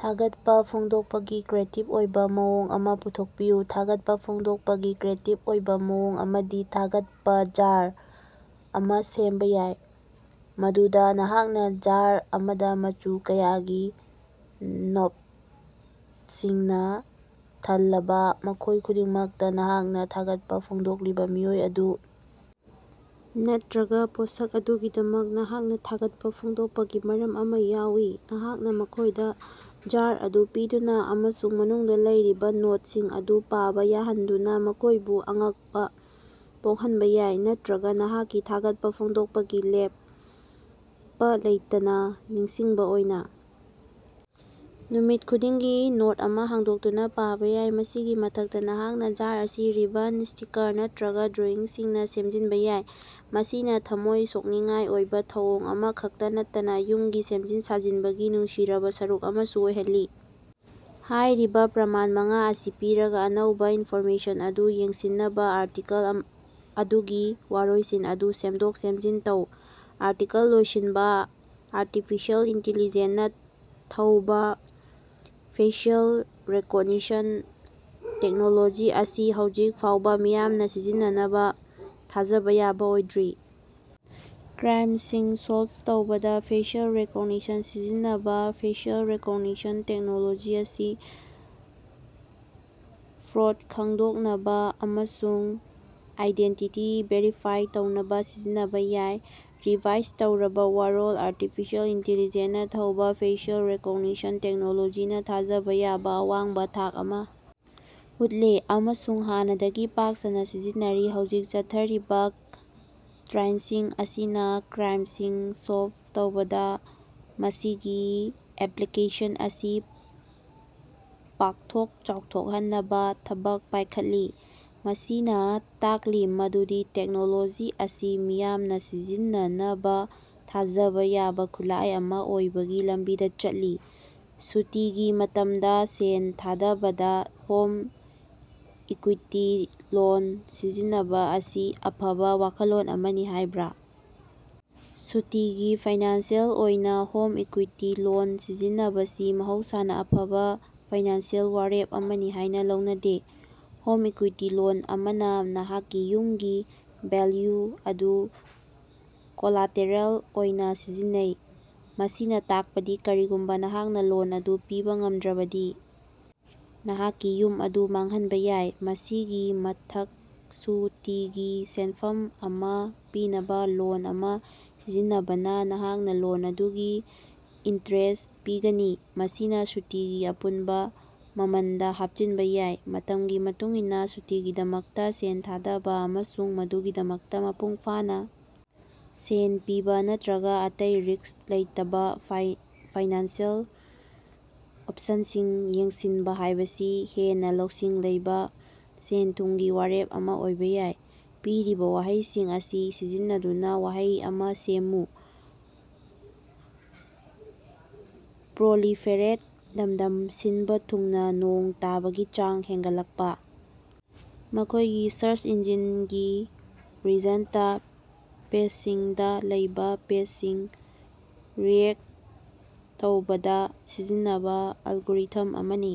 ꯊꯥꯒꯠꯄ ꯐꯣꯡꯗꯣꯛꯄꯒꯤ ꯀ꯭ꯔꯤꯌꯦꯇꯤꯕ ꯑꯣꯏꯕ ꯃꯑꯣꯡ ꯑꯃ ꯄꯨꯊꯣꯛꯄꯤꯌꯨ꯫ ꯊꯥꯒꯠꯄ ꯐꯣꯡꯗꯣꯛꯄꯒꯤ ꯀ꯭ꯔꯤꯌꯦꯇꯤꯕ ꯑꯣꯏꯕ ꯃꯑꯣꯡ ꯑꯃꯗꯤ "ꯊꯥꯒꯠꯄ ꯖꯥꯔ" ꯑꯃ ꯁꯦꯝꯕ ꯌꯥꯏ, ꯃꯗꯨꯗ ꯅꯍꯥꯛꯅ ꯖꯥꯔ ꯑꯃꯗ ꯃꯆꯨ ꯀꯌꯥꯒꯤ ꯅꯣꯇꯁꯤꯡꯅ ꯊꯜꯂꯕ, ꯃꯈꯣꯏ ꯈꯨꯗꯤꯡꯃꯛꯇ ꯅꯍꯥꯛꯅ ꯊꯥꯒꯠꯄ ꯐꯣꯡꯗꯣꯛꯂꯤꯕ ꯃꯤꯑꯣꯏ ꯑꯗꯨ ꯅꯠꯇꯔꯒ ꯄꯣꯠꯁꯛ ꯑꯗꯨꯒꯤꯗꯃꯛ ꯅꯍꯥꯛꯅ ꯊꯥꯒꯠꯄ ꯐꯣꯡꯗꯣꯛꯄꯒꯤ ꯃꯔꯝ ꯑꯃ ꯌꯥꯎꯏ꯫ ꯅꯍꯥꯛꯅ ꯃꯈꯣꯏꯗ ꯖꯥꯔ ꯑꯗꯨ ꯄꯤꯗꯨꯅ ꯑꯃꯁꯨꯡ ꯃꯅꯨꯡꯗ ꯂꯩꯔꯤꯕ ꯅꯣꯇꯁꯤꯡ ꯑꯗꯨ ꯄꯥꯕ ꯌꯥꯍꯟꯗꯨꯅ ꯃꯈꯣꯏꯕꯨ ꯑꯉꯛꯄꯥ ꯄꯣꯛꯍꯟꯕ ꯌꯥꯏ, ꯅꯠꯇꯔꯒ ꯅꯍꯥꯛꯀꯤ ꯊꯥꯒꯠꯄ ꯐꯣꯡꯗꯣꯛꯄꯒꯤ ꯂꯦꯞꯄ ꯂꯩꯇꯅ ꯅꯤꯡꯁꯤꯡꯕ ꯑꯣꯏꯅ ꯅꯨꯃꯤꯠ ꯈꯨꯗꯤꯡꯒꯤ ꯅꯣꯠ ꯑꯃ ꯍꯥꯡꯗꯣꯛꯇꯨꯅ ꯄꯥꯕ ꯌꯥꯏ꯫ ꯃꯁꯤꯒꯤ ꯃꯊꯛꯇ ꯅꯍꯥꯛꯅ ꯖꯥꯔ ꯑꯁꯤ ꯔꯤꯕꯟ, ꯁ꯭ꯇꯤꯀꯥꯔ ꯅꯠꯇꯔꯒ ꯗ꯭ꯔꯣꯏꯪꯁꯤꯡꯅ ꯁꯦꯝꯖꯤꯟꯕ ꯌꯥꯏ, ꯃꯁꯤꯅ ꯊꯝꯃꯣꯏ ꯁꯣꯛꯅꯤꯡꯉꯥꯏ ꯑꯣꯏꯕ ꯊꯧꯑꯣꯡ ꯑꯃ ꯈꯛꯇ ꯅꯠꯇꯅ ꯌꯨꯝꯒꯤ ꯁꯦꯝꯖꯤꯟ ꯁꯥꯖꯤꯟꯕꯒꯤ ꯅꯨꯡꯁꯤꯔꯕ ꯁꯔꯨꯛ ꯑꯃꯁꯨ ꯑꯣꯏꯍꯜꯂꯤ꯫ ꯍꯥꯏꯔꯤꯕ ꯄ꯭ꯔꯃꯥꯟ ꯃꯉꯥ ꯑꯁꯤ ꯄꯤꯔꯒ, ꯑꯅꯧꯕ ꯏꯟꯐꯣꯔꯃꯦꯁꯟ ꯑꯗꯨ ꯌꯦꯡꯁꯤꯟꯅꯕ ꯑꯥꯔꯇꯤꯀꯜ ꯑꯗꯨꯒꯤ ꯋꯥꯔꯣꯏꯁꯤꯟ ꯑꯗꯨ ꯁꯦꯝꯗꯣꯛ ꯁꯦꯝꯖꯤꯟ ꯇꯧ꯫ ꯑꯥꯔꯇꯤꯀꯜ ꯂꯣꯏꯁꯤꯟꯕ ꯑꯔꯇꯤꯐꯤꯁꯦꯜ ꯏꯟꯇꯤꯂꯤꯖꯦꯟ ꯅ ꯊꯧꯕ ꯐꯦꯁꯤꯑꯦꯜ ꯔꯤꯀꯣꯛꯅꯤꯁꯟ ꯇꯦꯛꯅꯣꯂꯣꯖꯤ ꯑꯁꯤ ꯍꯧꯖꯤꯛ ꯐꯥꯎꯕ ꯃꯤꯌꯥꯝꯅ ꯁꯤꯖꯤꯟꯅꯅꯕ ꯊꯥꯖꯕ ꯌꯥꯕ ꯑꯣꯏꯗ꯭ꯔꯤ꯫ ꯀ꯭ꯔꯥꯏꯃꯁꯤꯡ ꯁꯣꯜꯕ ꯇꯧꯕꯗ ꯐꯦꯁꯤꯑꯦꯜ ꯔꯤꯀꯣꯛꯅꯤꯁꯟ ꯁꯤꯖꯤꯟꯅꯕ ꯐꯦꯁꯤꯑꯦꯜ ꯔꯤꯀꯣꯛꯅꯤꯁꯟ ꯇꯦꯛꯅꯣꯂꯣꯖꯤ ꯑꯁꯤ ꯐ꯭ꯔꯣꯗ ꯈꯪꯗꯣꯛꯅꯕꯥ ꯑꯃꯁꯨꯡ ꯑꯥꯏꯗꯦꯟꯇꯤꯇꯤ ꯚꯦꯔꯤꯐꯥꯏ ꯇꯧꯅꯕ ꯁꯤꯖꯤꯟꯅꯕ ꯌꯥꯏ꯫ ꯔꯤꯚꯥꯏꯖ ꯇꯧꯔꯕ ꯋꯥꯔꯣꯜ ꯑꯔꯇꯤꯐꯤꯁꯦꯜ ꯏꯟꯇꯤꯂꯤꯖꯦꯟ ꯅ ꯊꯧꯕ ꯐꯦꯁꯤꯑꯦꯜ ꯔꯤꯀꯣꯛꯅꯤꯁꯟ ꯇꯦꯛꯅꯣꯂꯣꯖꯤꯅ ꯊꯥꯖꯕ ꯌꯥꯕ ꯑꯋꯥꯡꯕ ꯊꯥꯛ ꯑꯃ ꯎꯠꯂꯦ ꯑꯃꯁꯨꯡ ꯍꯥꯟꯅꯗꯒꯤ ꯄꯥꯛ ꯁꯟꯅ ꯁꯤꯖꯤꯟꯅꯔꯤ꯫ ꯍꯧꯖꯤꯛ ꯆꯠꯊꯔꯤꯕꯥ ꯇ꯭ꯔꯥꯏꯁꯤꯡ ꯑꯁꯤꯅ ꯀ꯭ꯔꯥꯏꯃꯁꯤꯡ ꯁꯣꯜꯕ ꯇꯧꯕꯗ ꯃꯁꯤꯒꯤ ꯑꯦꯞꯂꯤꯀꯦꯁꯟ ꯑꯁꯤ ꯄꯥꯛꯊꯣꯛ ꯆꯥꯎꯊꯣꯛꯍꯟꯅꯕ ꯊꯕꯛ ꯄꯥꯏꯈꯠꯂꯤ, ꯃꯁꯤꯅ ꯇꯥꯛꯂꯤ ꯃꯗꯨꯗꯤ ꯇꯦꯛꯅꯣꯂꯣꯖꯤ ꯑꯁꯤ ꯃꯤꯌꯥꯝꯅ ꯁꯤꯖꯤꯟꯅꯅꯕ ꯊꯥꯖꯕ ꯌꯥꯕ ꯈꯨꯠꯂꯥꯏ ꯑꯃ ꯑꯣꯏꯕꯒꯤ ꯂꯝꯕꯤꯗ ꯆꯠꯂꯤ꯫ ꯁꯨꯇꯤꯒꯤ ꯃꯇꯝꯗ ꯁꯦꯜ ꯊꯥꯗꯕꯗ ꯍꯣꯝ ꯏꯀꯨꯏꯇꯤ ꯂꯣꯟ ꯁꯤꯖꯤꯟꯅꯕ ꯑꯁꯤ ꯑꯐꯕ ꯋꯥꯈꯜꯂꯣꯟ ꯑꯃꯅꯤ ꯍꯥꯏꯕ꯭ꯔ? ꯁꯨꯇꯤꯒꯤ ꯐꯥꯏꯅꯥꯟꯁꯤꯑꯦꯜ ꯑꯣꯏꯅ ꯍꯣꯝ ꯏꯀꯨꯏꯇꯤ ꯂꯣꯟ ꯁꯤꯖꯤꯟꯅꯕꯁꯤ ꯃꯍꯧꯁꯥꯅ ꯑꯐꯕ ꯐꯥꯏꯅꯥꯟꯁꯤꯑꯦꯜ ꯋꯥꯔꯦꯞ ꯑꯃꯅꯤ ꯍꯥꯏꯅ ꯂꯧꯅꯗꯦ꯫ ꯍꯣꯝ ꯏꯀꯨꯏꯇꯤ ꯂꯣꯟ ꯑꯃꯅ ꯅꯍꯥꯛꯀꯤ ꯌꯨꯝꯒꯤ ꯚꯦꯜꯌꯨ ꯑꯗꯨ ꯀꯣꯂꯥꯇꯦꯔꯦꯜ ꯑꯣꯏꯅ ꯁꯤꯖꯤꯟꯅꯩ, ꯃꯁꯤꯅ ꯇꯥꯛꯄꯗꯤ ꯀꯔꯤꯒꯨꯝꯕ ꯅꯍꯥꯛꯅ ꯂꯣꯟ ꯑꯗꯨ ꯄꯤꯕꯥ ꯉꯝꯗ꯭ꯔꯕꯗꯤ ꯅꯍꯥꯛꯀꯤ ꯌꯨꯝ ꯑꯗꯨ ꯃꯥꯡꯍꯟꯕ ꯌꯥꯏ꯫ ꯃꯁꯤꯒꯤ ꯃꯊꯛꯁꯨꯇꯤꯒꯤ ꯁꯦꯟꯐꯝ ꯑꯃ ꯄꯤꯅꯕ ꯂꯣꯟ ꯑꯃ ꯁꯤꯖꯤꯟꯅꯕꯅ ꯅꯍꯥꯛꯅ ꯂꯣꯟ ꯑꯗꯨꯒꯤ ꯏꯟꯇꯔꯦꯁ ꯄꯤꯒꯅꯤ, ꯃꯁꯤꯅ ꯁꯨꯇꯤꯒꯤ ꯑꯄꯨꯟꯕ ꯃꯃꯜꯗ ꯍꯥꯞꯆꯤꯟꯕ ꯌꯥꯏ꯫ ꯃꯇꯝꯒꯤ ꯃꯇꯨꯡꯏꯟꯅ ꯁꯨꯇꯤꯒꯤꯗꯃꯛꯇ ꯁꯦꯜ ꯊꯥꯗꯕ ꯑꯃꯁꯨꯡ ꯃꯗꯨꯒꯤꯗꯃꯛꯇ ꯃꯄꯨꯡ ꯐꯥꯅ ꯁꯦꯜ ꯄꯤꯕ ꯅꯠꯇꯔꯒ ꯑꯇꯩ ꯔꯤꯛꯁ ꯂꯩꯇꯕ ꯐꯥꯏꯅꯥꯟꯁꯤꯡ ꯑꯣꯄꯁꯟꯁꯤꯡ ꯌꯦꯡꯁꯤꯟꯕ ꯍꯥꯏꯕꯁꯤ ꯍꯦꯟꯅ ꯂꯧꯁꯤꯡ ꯂꯩꯕ ꯁꯦꯜ-ꯊꯨꯝꯒꯤ ꯋꯥꯔꯦꯞ ꯑꯃ ꯑꯣꯏꯕ ꯌꯥꯏ꯫ ꯄꯤꯔꯤꯕꯥ ꯋꯥꯍꯩꯁꯤꯡ ꯑꯁꯤ ꯁꯤꯖꯤꯟꯅꯗꯨꯅ ꯋꯥꯍꯩ ꯑꯃ ꯁꯦꯝꯃꯨ ꯄ꯭ꯔꯣꯂꯤꯐꯦꯔꯦꯠ ꯂꯝꯗꯝ ꯁꯤꯟꯕ ꯊꯨꯡꯅ ꯅꯣꯡ ꯇꯥꯕꯒꯤ ꯆꯥꯡ ꯍꯦꯟꯒꯠꯂꯛꯄ ꯃꯈꯣꯏꯒꯤ ꯁꯔꯆ ꯏꯟꯖꯤꯅꯒꯤ ꯔꯤꯖꯜꯇ ꯄꯦꯖꯁꯤꯡꯗ ꯂꯩꯕ ꯄꯦꯖꯁꯤꯡ ꯔꯦꯉ꯭ꯛ ꯇꯧꯕꯗ ꯁꯤꯖꯤꯟꯅꯕ ꯑꯦꯜꯒꯣꯔꯤꯊꯝ ꯑꯃꯅꯤ꯫